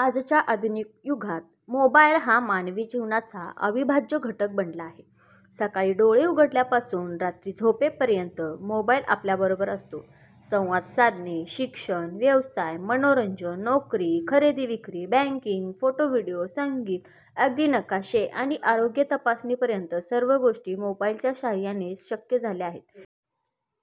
आजच्या आधुनिक युगात मोबाईल हा मानवी जीवनाचा अविभाज्य घटक बनला आहे. सकाळी डोळे उघडल्यापासून रात्री झोपेपर्यंत मोबाईल आपल्याबरोबर असतो. संवाद साधणे, शिक्षण, व्यवसाय, मनोरंजन, नोकरी, खरेदी विक्री, बँकिंग, फोटो व्हिडिओ, संगीत, अगदी नकाशे आणि आरोग्य तपासणीपर्यंत सर्व गोष्टी मोबाईलच्या साहाय्याने शक्य झाल्या आहेत.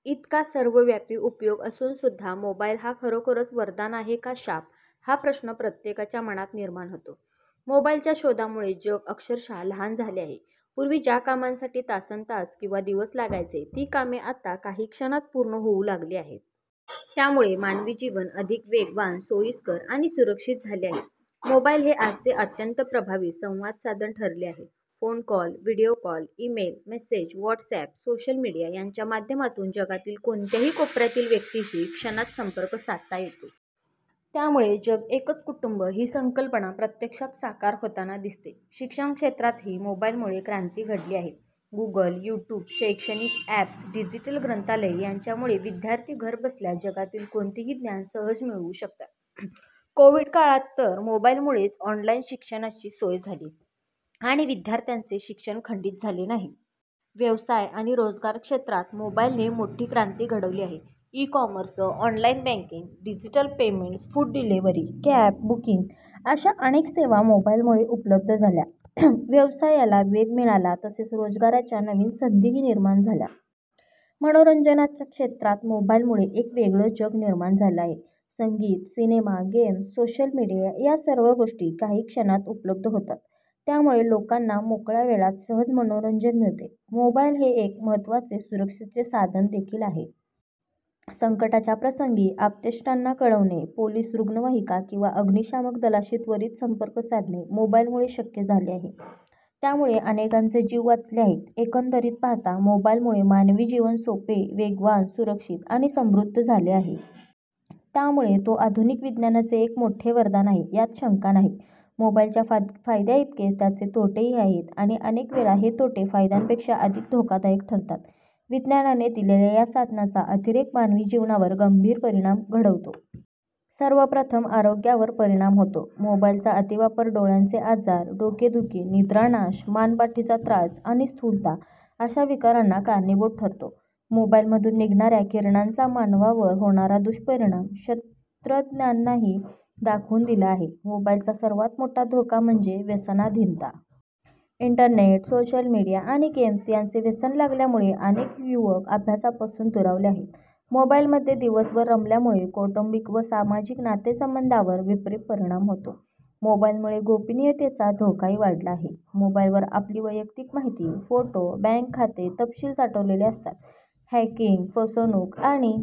इतका सर्वव्यापी उपयोग असूनसुद्धा मोबाईल हा खरोखरच वरदान आहे का शाप, हा प्रश्न प्रत्येकाच्या मनात निर्माण होतो. मोबाईलच्या शोधामुळे जग अक्षरशः लहान झाले आहे. पूर्वी ज्या कामांसाठी तासन्तास किंवा दिवस लागायचे, ती कामे आता काही क्षणांत पूर्ण होऊ लागली आहेत. त्यामुळे मानवी जीवन अधिक वेगवान, सोयीस्कर आणि सुरक्षित झाले आहे. मोबाईल हे आजचे अत्यंत प्रभावी संवादसाधन ठरले आहे. Phone call, video call, email, message, WhatsApp, social media यांच्या माध्यमातून जगातील कोणत्याही कोपऱ्यातील व्यक्तीशी क्षणात संपर्क साधता येतो. त्यामुळे जग एकच कुटुंब ही संकल्पना प्रत्यक्षात साकार होताना दिसते. शिक्षण क्षेत्रातही मोबाईलमुळे क्रांती घडली आहे. गूगल, यूट्यूब, शैक्षणिक अॅप्स, डिजिटल ग्रंथालय यांच्यामुळे विद्यार्थी घरबसल्या जगातील कोणतेही ज्ञान सहज मिळवू शकतात. कोविड काळात तर मोबाईलमुळेच ऑनलाईन शिक्षणाची सोय झाली आणि विद्यार्थ्यांचे शिक्षण खंडित झाले नाही. व्यवसाय आणि रोजगार क्षेत्रात मोबाईलने मोठी क्रांती घडवली आहे. E commerce, online banking, digital payments, food delivery, cab booking अशा अनेक सेवा मोबाईलमुळे उपलब्ध झाल्या. व्यवसायाला वेग मिळाला तसेच रोजगाराच्या नव्या संधीही निर्माण झाल्या. मनोरंजनाच्या क्षेत्रात मोबाईलमुळे एक वेगळेच जग निर्माण झाले आहे. संगीत, सिनेमा, गेम्स, सोशल मीडिया या सर्व गोष्टी काही क्षणांत उपलब्ध होतात. त्यामुळे लोकांना मोकळ्या वेळात सहज मनोरंजन मिळते. मोबाईल हे एक महत्त्वाचे सुरक्षेचे साधन देखील आहे. संकटाच्या प्रसंगी आप्तेष्टांना कळवणे, पोलिस, रुग्णवाहिका किंवा अग्निशमन दलाशी त्वरित संपर्क साधणे मोबाईलमुळे शक्य झाले आहे. त्यामुळे अनेकांचे जीव वाचले आहेत. एकंदरीत पाहता मोबाईलमुळे मानवी जीवन सोपे, वेगवान, सुरक्षित आणि समृद्ध झाले आहे. त्यामुळे तो आधुनिक विज्ञानाचे एक मोठे वरदान आहे, यात शंका नाही. मोबाईलच्या फायद्यांइतकेच त्याचे तोटेही आहेत आणि अनेक वेळा हे तोटे फायद्यांपेक्षा अधिक धोकादायक ठरतात. विज्ञानाने दिलेल्या या साधनाचा अतिरेक मानवी जीवनावर गंभीर परिणाम घडवतो. सर्वप्रथम आरोग्यावर परिणाम होतो. मोबाईलचा अतिवापर डोळ्यांचे आजार, डोकेदुखी, निद्रानाश, मान पाठीचा त्रास आणि स्थूलता अशा विकारांना कारणीभूत ठरतो. मोबाईलमधून निघणाऱ्या किरणांचा मानवावर होणारा दुष्परिणाम शास्त्रज्ञांनीही दाखवून दिला आहे. मोबाईलचा सर्वात मोठा धोका म्हणजे व्यसनाधीनता. इंटरनेट, सोशल मीडिया आणि गेम्स यांचे व्यसन लागल्यामुळे अनेक युवक अभ्यासापासून दुरावले आहेत. मोबाईलमध्ये दिवसभर रमल्यामुळे कौटुंबिक व सामाजिक नातेसंबंधांवर विपरीत परिणाम होतो. मोबाईलमुळे गोपनीयतेचा धोकाही वाढला आहे. मोबाईलवर आपली वैयक्तिक माहिती, फोटो, बँक खाते तपशील साठवलेले असतात. हॅकिंग, फसवणूक आणि